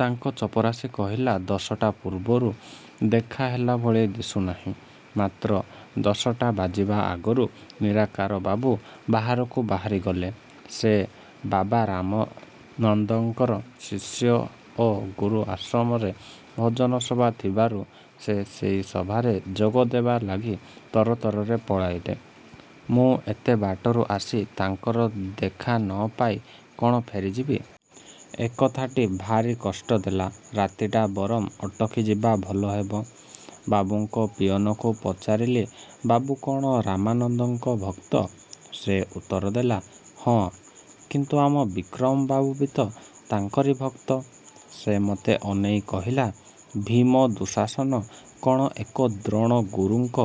ତାଙ୍କ ଚପରାସୀ କହିଲା, ଦଶଟା ପୂର୍ବରୁ ଦେଖାହେଲା ଭଳି ଦିଶୁନାହିଁ। ମାତ୍ର ଦଶଟା ବାଜିବା ଆଗରୁ ନିରାକାରବାବୁ ବାହାରକୁ ବାହାରିଗଲେ। ସେ ବାବା ରାମାନନ୍ଦଙ୍କର ଶିଷ୍ୟ ଓ ଗୁରୁ ଆଶ୍ରମରେ ଭଜନ ସଭା ଥିବାରୁ ସେ ସେଇ ସଭାରେ ଯୋଗଦେବା ଲାଗି ତରତରରେ ପଳେଇଲେ। ମୁଁ ଏତେ ବାଟରୁ ଆସି ତାଙ୍କର ଦେଖା ନପାଇ କଣ ଫେରିଯିବି? ଏକଥାଟି ଭାରି କଷ୍ଟଦେଲା। ରାତିଟା ବରଂ ଅଟକିଯିବା ଭଲହେବ। ବାବୁଙ୍କ ପିଅନକୁ ପଚାରିଲି। ବାବୁ କଣ ରାମାନନ୍ଦଙ୍କ ଭକ୍ତ? ସେ ଉତ୍ତର ଦେଲା, ହଁ। କିନ୍ତୁ ଆମ ବିକ୍ରମବାବୁ ବି ତ ତାଙ୍କରି ଭକ୍ତ। ସେ ମୋତେ ଅନେଇ କହିଲା, 'ଭୀମ ଦୁଃଶାସନ କଣ ଏକ ଦ୍ରୋଣଗୁରୁଙ୍କ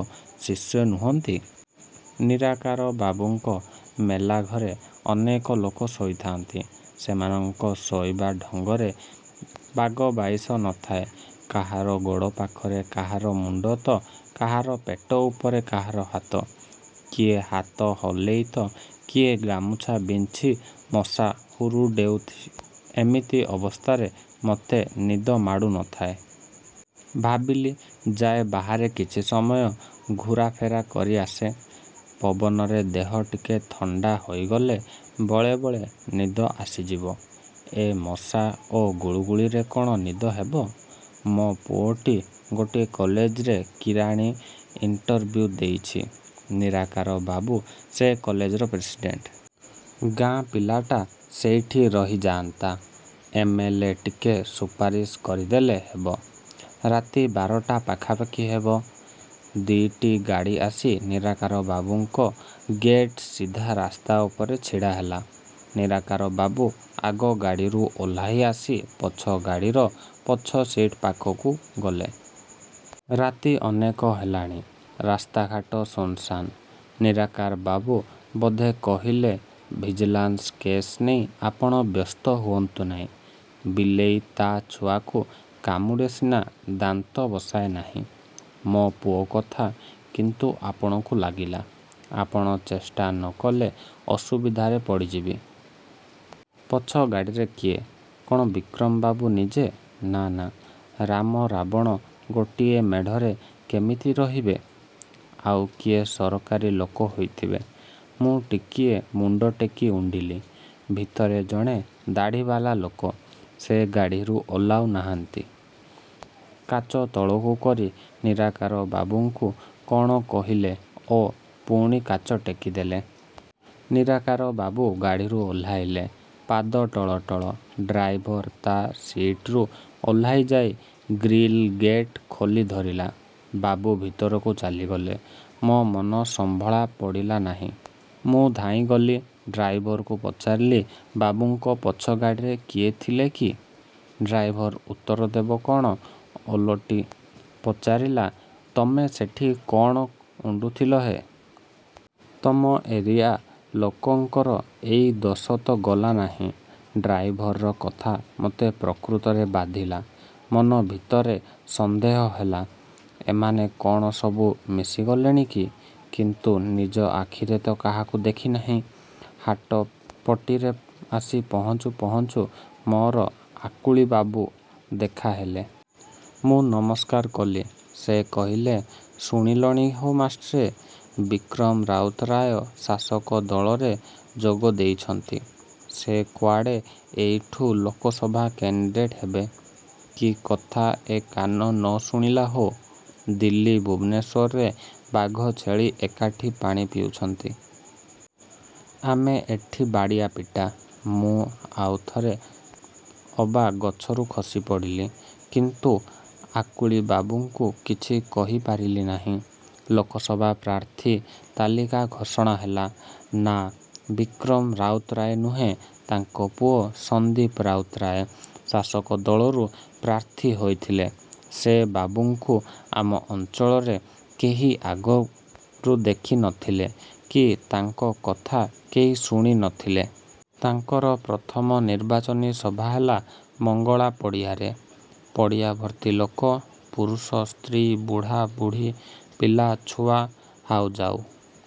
ଶିଷ୍ୟ ନୁହନ୍ତି! ' ନିରାକାର ବାବୁଙ୍କ ମେଲାଘରେ ଅନେକ ଲୋକ ଶୋଇଥାଆନ୍ତି-। ସେମାନଙ୍କ ଶୋଇବା ଢଙ୍ଗରେ ବାଗବାଇଶ ନଥାଏ। କାହାର ଗୋଡ଼ ପାଖରେ କାହାର ମୁଣ୍ଡ ତ କାହାର ପେଟ ଉପରେ କାହାର ହାତ। କିଏ ହାତ ହଲେଇ ତ କିଏ ଗାମୁଛା ବିଞ୍ଚି ମଶା ହୁରୁଡ଼େଉଛି। ଏମିତି ଅବସ୍ଥାରେ ମୋତେ ନିଦ ମାଡ଼ୁ ନ ଥାଏ। ଭାବିଲି, ଯାଏ, ବାହାରେ କିଛି ସମୟ ଘୁରାଫେରା। କରି ଆସେ। ପବନରେ ଦେହ ଟିକେ ଥଣ୍ଡା ହୋଇଗଲେ ବଳେ ବଳେ ନିଦ ଆସିଯିବ। ଏ ମଶା ଓ ଗୁଳୁଗୁଳିରେ କଣ ନିଦ ହେବ! ମୋ ପୁଅଟି ଗୋଟିଏ କଲେଜରେ କିରାଣି ଇଣ୍ଟରଭ୍ୟୁ ଦେଇଛି। ନିରାକାରବାବୁ ସେ କଲେଜରେ ପ୍ରେସିଡେଣ୍ଟ୍। ଗାଁ ପିଲାଟା, ସେଇଠି ରହିଯାଆନ୍ତା। ଏମ୍. ଏଲ୍. ଏ. ଟିକେ ସୁପାରିସ କରିଦେଲେ ହେବ। ରାତି ବାରଟା ପାଖାପାଖି ହେବ, ଦିଇଟି ଗାଡ଼ି ଆସି ନିରାକାରବାବୁଙ୍କ ଗେଟ୍ ସିଧା ରାସ୍ତା ଉପରେ ଛିଡ଼ାହେଲା। ନିରାକାରବାବୁ ଆଗ ଗାଡ଼ିରୁ ଓହ୍ଲେଇ ଆସି ପଛ ଗାଡ଼ିର ପଛ ସିଟ୍ ପାଖକୁ ଗଲେ। ରାତି ଅନେକ ହେଲାଣି। ରାସ୍ତାଘାଟ ଶୂନ୍ଶାନ୍। ନିରାକାରବାବୁ ବୋଧେ କହିଲେ "ଭିଜିଲାନ୍ସ କେସ୍ ନେଇ ଆପଣ ବ୍ୟସ୍ତ ହୁଅନ୍ତୁ ନାହିଁ। ବିଲେଇ ତା ଛୁଆକୁ କାମୁଡ଼େ ସିନା, ଦାନ୍ତ ବସାଏ ନାହିଁ। ମୋ ପୁଅ କଥା କିନ୍ତୁ ଆପଣଙ୍କୁ ଲାଗିଲା। ଆପଣ ଚେଷ୍ଟା ନକଲେ ଅସୁବିଧାରେ ପଡ଼ିଯିବି। " ପଛ ଗାଡ଼ିରେ କିଏ? କଣ ବିକ୍ରମବାବୁ ନିଜେ? ନା, ନା ରାମ ରାବଣ ଗୋଟିଏ ମେଢ଼ରେ କେମିତି ରହିବେ? ଆଉ କିଏ ସରକାରୀ ଲୋକ ହୋଇଥିବେ। ମୁଁ ଟିକିଏ ମୁଣ୍ଡଟେକି ଉଣ୍ଡିଲି। ଭିତରେ ଜଣେ ଦାଢ଼ିବାଲା ଲୋକ। ସେ ଗାଡ଼ିରୁ ଓହ୍ଲାଉ ନଥାନ୍ତି। କାଚ ତଳକୁ କରି ନିରାକାରବାବୁଙ୍କୁ କଣ କହିଲେ ଓ ପୁଣି କାଚ ଟେକିଦେଲେ। ନିରାକାରବାବୁ ଗାଡ଼ିରୁ ଓହ୍ଲେଇଲେ। ପାଦ ଟଳଟଳ। ଡ୍ରାଇଭର ତା ସିଟ୍ରୁ ଓହ୍ଲେଇ ଯାଇ ଗ୍ରୀଲ୍ ଗେଟ୍ ଖୋଲି ଧରିଲା। ବାବୁ ଭିତରକୁ ଚାଲିଗଲେ। ମୋ ମନ ସମ୍ଭଳା ପଡ଼ିଲା ନାହିଁ। ମୁଁ ଧାଇଁଗଲି। ଡ୍ରାଇଭରକୁ ପଚାରିଲି, "ବାବୁଙ୍କ ପଛ ଗାଡ଼ିରେ କିଏ ଥିଲେ କି? " ଡ୍ରାଇଭର ଉତ୍ତର ଦେବ କଣ ଓଲଟି ପଚାରିଲା, "ତମେ ସେଠି କଣ ଉଣ୍ଡୁଥିଲ ହେ? ତମ ଏରିଆ ଲୋକଙ୍କର ଏଇ ଦୋଷ ତ ଗଲା ନାହିଁ! " ଡ୍ରାଇଭରର କଥା ମୋତେ ପ୍ରକୃତରେ ବାଧିଲା। ମନ ଭିତରେ ସଂଦେହ ହେଲା, ଏମାନେ କଣ ସବୁ ମିଶିଗଲେଣି କି? କିନ୍ତୁ ନିଜ ଆଖିରେ ତ କାହାକୁ ଦେଖିନାହିଁ। ହାଟପଟିରେ ଆସି ପହଞ୍ଚୁ ପହଞ୍ଚୁ ମୋର ଆକୁଳିବାବୁ ଦେଖା ହେଲେ। ମୁଁ ନମସ୍କାର କଲି। ସେ କହିଲେ, "ଶୁଣିଲଣି ହୋ ମାଷ୍ଟ୍ରେ, ବିକ୍ରମ ରାଉତରାୟ ଶାସକ ଦଳରେ ଯୋଗ ଦେଇଛନ୍ତି। ସେ କୁଆଡ଼େ ଏଇଠୁ ଲୋକସଭା କ୍ୟାଣ୍ଡିଡେଟ୍ ହେବେ। କି କଥା ଏ କାନ ନ ଶୁଣିଲା ହୋ! ଦିଲ୍ଲୀ, ଭୁବନେଶ୍ୱରରେ ବାଘ ଛେଳି ଏକାଠି ପାଣି ପିଉଛନ୍ତି। ଆମେ ଏଠି ବାଡ଼ିଆପିଟା! " ମୁଁ ଆଉଥରେ ଅବା ଗଛରୁ ଖସି ପଡ଼ିଲି। କିନ୍ତୁ ଆକୁଳିବାବୁଙ୍କୁ କିଛି କହିପାରିଲି ନାହିଁ। ଲୋକସଭା ପ୍ରାର୍ଥୀ ତାଲିକା ଘୋଷଣା ହେଲା। ନା, ବିକ୍ରମ ରାଉତରାୟ ନୁହେଁ, ତାଙ୍କ ପୁଅ ସନ୍ଦୀପ ରାଉତରାୟ ଶାସକଦଳରୁ ପ୍ରାର୍ଥୀ ହୋଇଥିଲେ। ସେ ବାବୁଙ୍କୁ ଆମ ଅଞ୍ଚଳରେ କେହି ଆଗରୁ ଦେଖି ନଥିଲେ କି ତାଙ୍କ କଥା କେହି ଶୁଣି ନଥିଲେ। ତାଙ୍କର ପ୍ରଥମ ନିର୍ବାଚନୀ ସଭା ହେଲା ମଙ୍ଗଳା ପଡ଼ିଆରେ। ପଡ଼ିଆ ଭର୍ତ୍ତି ଲୋକ। ପୁରୁଷ, ସ୍ତ୍ରୀ, ବୁଢ଼ା, ବୁଢ଼ୀ, ପିଲା, ଛୁଆ ହାଉଯାଉ।